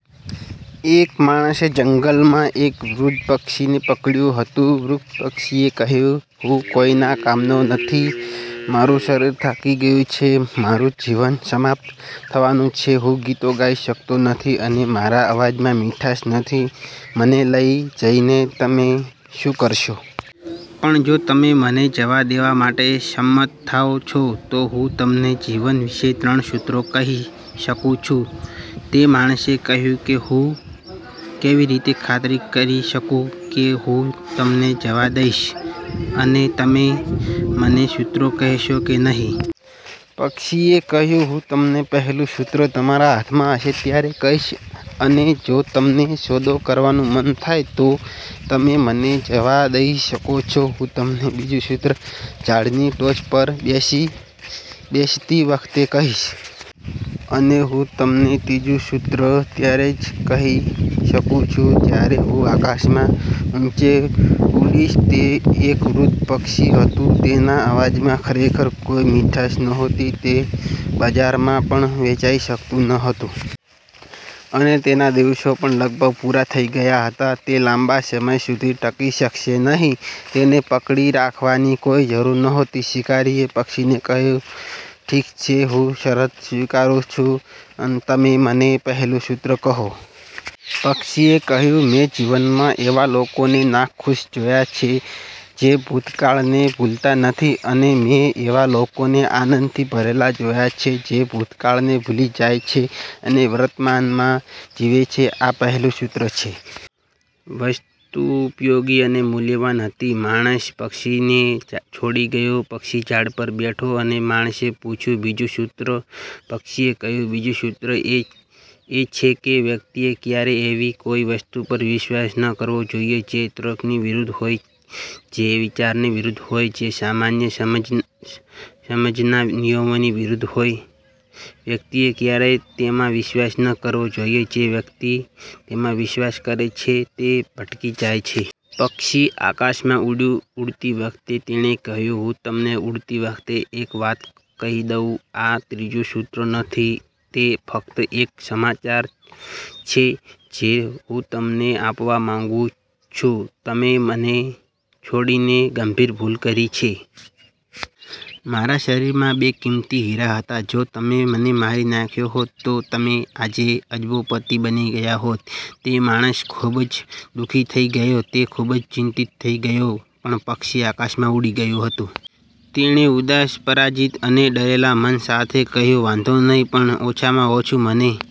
એક માણસે જંગલમાં એક વૃદ્ધ પક્ષીને પકડ્યું હતું. વૃદ્ધ પક્ષીએ કહ્યું: હું કોઈના કામનો નથી, મારું શરીર થાકી ગયું છે, મારું જીવન સમાપ્ત થવાનું છે, હું ગીતો ગાઈ શકતો નથી, અને મારા અવાજમાં મીઠાશ નથી, મને લઈ જઈને તમે શું કરશો? પણ જો તમે મને જવા દેવા માટે સંમત થાઓ છો, તો હું તમને જીવન વિશે ત્રણ સૂત્રો કહી શકું છું. તે માણસે કહ્યું: હું કેવી રીતે ખાતરી કરી શકું કે હું તમને જવા દઈશ અને તમે મને સૂત્રો કહેશો કે નહીં? પક્ષીએ કહ્યું: હું તમને પહેલું સૂત્ર તમારા હાથમાં હશે ત્યારે કહીશ. અને જો તમને સોદો કરવાનું મન થાય, તો તમે મને જવા દઈ શકો છો. હું તમને બીજું સૂત્ર ઝાડની ટોચ પર બેસતી વખતે કહીશ. અને હું તમને ત્રીજું સૂત્ર ત્યારે જ કહી શકું છું જ્યારે હું આકાશમાં ઊંચે ઉડીશ. તે એક વૃદ્ધ પક્ષી હતું, તેના અવાજમાં ખરેખર કોઈ મીઠાશ નહોતી, તે બજારમાં પણ વેચાઈ શકતું ન હતું. અને તેના દિવસો પણ લગભગ પૂરા થઈ ગયા હતા, તે લાંબા સમય સુધી ટકી શકશે નહીં. તેને પકડી રાખવાની કોઈ જરૂર નહોતી. શિકારીએ પક્ષીને કહ્યું: ઠીક છે, હું શરત સ્વીકારું છું. તમે મને પહેલું સૂત્ર કહો. પક્ષીએ કહ્યું: મેં જીવનમાં એવા લોકોને નાખુશ જોયા છે જે ભૂતકાળને ભૂલતા નથી. અને મેં એવા લોકોને આનંદથી ભરેલા જોયા છે જે ભૂતકાળને ભૂલી જાય છે અને વર્તમાનમાં જીવે છે, આ પહેલું સૂત્ર છે. વસ્તુ ઉપયોગી અને મૂલ્યવાન હતી. માણસ પક્ષીને છોડી ગયો. પક્ષી ઝાડ પર બેઠો અને માણસે પૂછ્યું, બીજું સૂત્ર? પક્ષીએ કહ્યું: બીજું સૂત્ર એ છે કે વ્યક્તિએ ક્યારેય એવી કોઈ વસ્તુ પર વિશ્વાસ ન કરવો જોઈએ જે તર્કની વિરુદ્ધ હોય, જે વિચારની વિરુદ્ધ હોય, જે સામાન્ય સમજના નિયમોની વિરુદ્ધ હોય, વ્યક્તિએ ક્યારેય તેમાં વિશ્વાસ ન કરવો જોઈએ, જે વ્યક્તિ તેમાં વિશ્વાસ કરે છે તે ભટકી જાય છે. પક્ષી આકાશમાં ઉડ્યું. ઉડતી વખતે તેણે કહ્યું: હું તમને ઉડતી વખતે એક વાત કહી દઉં, આ ત્રીજું સૂત્ર નથી, તે ફક્ત એક સમાચાર છે જે હું તમને આપવા માંગુ છું. તમે મને છોડીને ગંભીર ભૂલ કરી છે. મારા શરીરમાં બે કિંમતી હીરા હતા. જો તમે મને મારી નાખ્યો હોત, તો તમે આજે અબજોપતિ બની ગયા હોત. તે માણસ ખૂબ જ દુઃખી થઈ ગયો. તે ખૂબ જ ચિંતિત થઈ ગયો. પણ પક્ષી આકાશમાં ઉડી ગયું હતું. તેણે ઉદાસ, પરાજિત અને ડરેલા મન સાથે કહ્યું: વાંધો નહીં, પણ ઓછામાં ઓછું મને